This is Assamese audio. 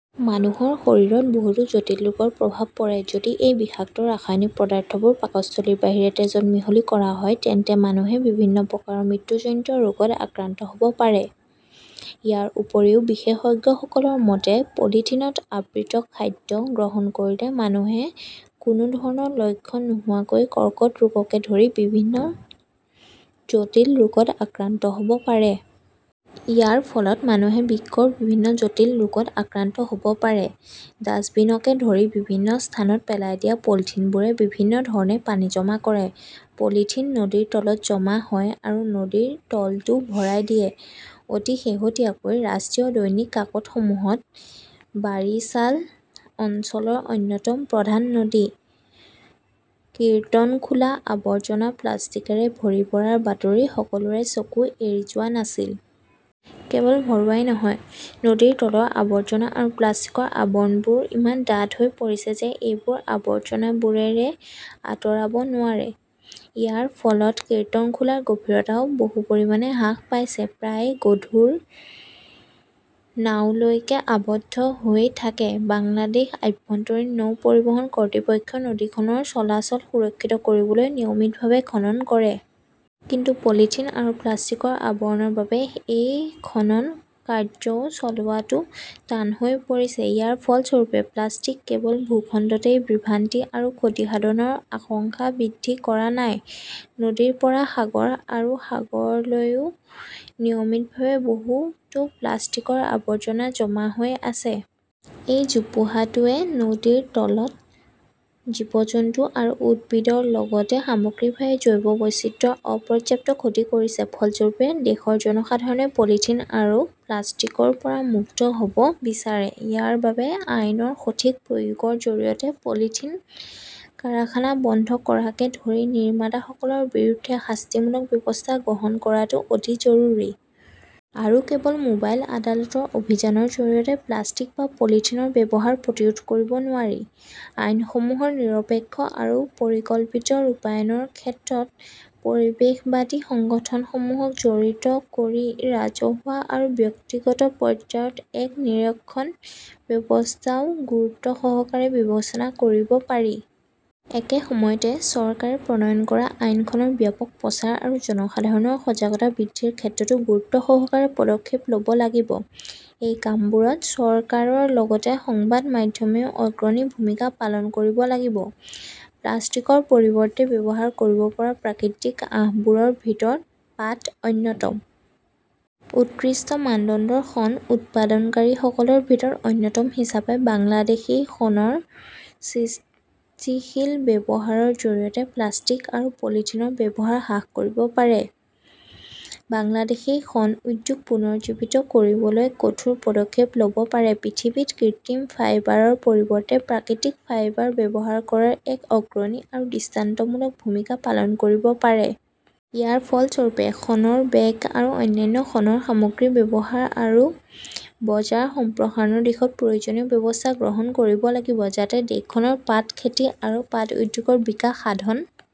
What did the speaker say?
মানুহৰ শৰীৰত বহুতো জটিল ৰোগৰ প্ৰভাৱ পৰে। যদি এই বিষাক্ত ৰাসায়নিক পদাৰ্থবোৰ পাকস্থলীৰ বাহিৰে তেজত মিহলি কৰা হয়, তেন্তে মানুহে বিভিন্ন প্ৰকাৰৰ মৃত্যুজনিত ৰোগত আক্ৰান্ত হ 'ব পাৰে। ইয়াৰ উপৰিও বিশেষজ্ঞসকলৰ মতে, পলিথিনত আবৃত খাদ্য গ্ৰহণ কৰিলে মানুহে কোনো ধৰণৰ লক্ষণ নোহোৱাকৈ কৰ্কট ৰোগকে ধৰি বিভিন্ন জটিল ৰোগত আক্ৰান্ত হ’ব পাৰে। ইয়াৰ ফলত মানুহে বৃক্কৰ বিভিন্ন জটিল ৰোগত আক্ৰান্ত হ’ব পাৰে। ডাস্টবিনকে ধৰি বিভিন্ন স্থানত পেলাই দিয়া পলিথিনবোৰে বিভিন্ন ধৰণে পানী জমা কৰে। পলিথিন নদীৰ তলত জমা হয় আৰু নদীৰ তলটোও ভৰাই দিয়ে। অতি শেহতীয়াকৈ ৰাষ্ট্ৰীয় দৈনিক কাকতসমূহত বাৰিছাল অঞ্চলৰ অন্যতম প্ৰধান নদী কিৰ্তনখোলা আৱৰ্জনা-প্লাষ্টিকৰে ভৰি পৰাৰ বাতৰি সকলোৰে চকু এৰি যোৱা নাছিল। কেৱল ভৰোৱাই নহয়, নদীৰ তলৰ আৱৰ্জনা আৰু প্লাষ্টিকৰ আৱৰণবোৰ ইমান ডাঠ হৈ পৰিছে যে সেইবোৰ আৱৰ্জনাবোৰেৰে আঁতৰাব নোৱাৰে। ইয়াৰ ফলত কীৰ্তনখোলাৰ গভীৰতাও বহু পৰিমাণে হ্ৰাস পাইছে। প্ৰায়ে গধুৰ নাওলৈকে আবদ্ধ হৈ থাকে। বাংলাদেশ আভ্যন্তৰীণ নৌ পৰিবহণ কৰ্তৃপক্ষই নদীখনৰ চলাচল সুৰক্ষিত কৰিবলৈ নিয়মিতভাৱে খনন কৰে। কিন্তু পলিথিন আৰু প্লাষ্টিকৰ আৱৰণৰ বাবে সেই খনন কাৰ্য্যও চলোৱাটো কঠিন হৈ পৰিছে। ইয়াৰ ফলস্বৰূপে প্লাষ্টিক কেৱল ভূখণ্ডতে বিভ্ৰান্তি আৰু ক্ষতিসাধনৰ আশংকা বৃদ্ধি কৰা নাই। নদীৰ পৰা সাগৰ আৰু সাগৰলৈও নিয়মিতভাৱে বহুতো প্লাষ্টিকৰ আৱৰ্জনা জমা হৈ আছে। এই জোপোহাটোৱে নদীৰ তলৰ জীৱ-জন্তু আৰু উদ্ভিদৰ লগতে সামগ্ৰিকভাৱে জৈৱ বৈচিত্ৰ্যৰ অপৰ্যাপ্ত ক্ষতি কৰিছে। ফলস্বৰূপে, দেশৰ জনসাধাৰণে পলিথিন আৰু প্লাষ্টিকৰ পৰা মুক্ত হ’ব বিচাৰে। ইয়াৰ বাবে আইনৰ সঠিক প্ৰয়োগৰ জৰিয়তে পলিথিন কাৰখানা বন্ধ কৰাকে ধৰি নিৰ্মাতাসকলৰ বিৰুদ্ধে শাস্তিমূলক ব্যৱস্থা গ্ৰহণ কৰাটো অতি জৰুৰী। আৰু কেৱল মোবাইল আদালতৰ অভিযানৰ জৰিয়তে প্লাষ্টিক বা পলিথিনৰ ব্যৱহাৰ প্ৰতিৰোধ কৰিব নোৱাৰি। আইনসমূহৰ নিৰপেক্ষ আৰু পৰিকল্পিত ৰূপায়ণৰ ক্ষেত্ৰত পৰিৱেশবাদী সংগঠনসমূহক জড়িত কৰি ৰাজহুৱা আৰু ব্যক্তিগত পৰ্যায়ত এক নিৰীক্ষণ ব্যৱস্থাও গুৰুত্বসহকাৰে বিবেচনা কৰিব পাৰি। একে সময়তে, চৰকাৰে প্ৰণয়ন কৰা আইনখনৰ ব্যাপক প্ৰচাৰ আৰু জনসাধাৰণৰ সজাগতা বৃদ্ধিৰ ক্ষেত্ৰতো গুৰুত্বসহকাৰে পদক্ষেপ ল’ব লাগিব। এই কামবোৰত চৰকাৰৰ লগতে সংবাদ মাধ্যমেও অগ্ৰণী ভূমিকা পালন কৰিব লাগিব। প্লাষ্টিকৰ পৰিৱৰ্তে ব্যৱহাৰ কৰিব পৰা প্ৰাকৃতিক আঁহবোৰৰ ভিতৰত পাট অন্যতম। উৎকৃষ্ট মানদণ্ডৰ শণ উৎপাদনকাৰীসকলৰ ভিতৰত অন্যতম হিচাপে বাংলাদেশই শণৰ সৃষ্টিশীল ব্যৱহাৰৰ জৰিয়তে প্লাষ্টিক আৰু পলিথিনৰ ব্যৱহাৰ হ্ৰাস কৰিব পাৰে। বাংলাদেশই শণ উদ্যোগ পুনৰুজ্জীৱিত কৰিবলৈ কঠোৰ পদক্ষেপ ল’ব পাৰে। পৃথিৱীত কৃত্ৰিম ফাইবাৰৰ পৰিৱৰ্তে প্ৰাকৃতিক ফাইবাৰ ব্যৱহাৰ কৰাত এক অগ্ৰণী আৰু দৃষ্টান্তমূলক ভূমিকা পালন কৰিব পাৰে। ইয়াৰ ফলস্বৰূপে, শণৰ বেগ আৰু অন্যান্য শণৰ সামগ্ৰীৰ ব্যৱহাৰ আৰু বজাৰ সম্প্ৰসাৰণৰ দিশত প্ৰয়োজনীয় ব্যৱস্থা গ্ৰহণ কৰিব লাগিব। যাতে দেশখনৰ পাট খেতি আৰু পাট উদ্যোগৰ বিকাশ সাধন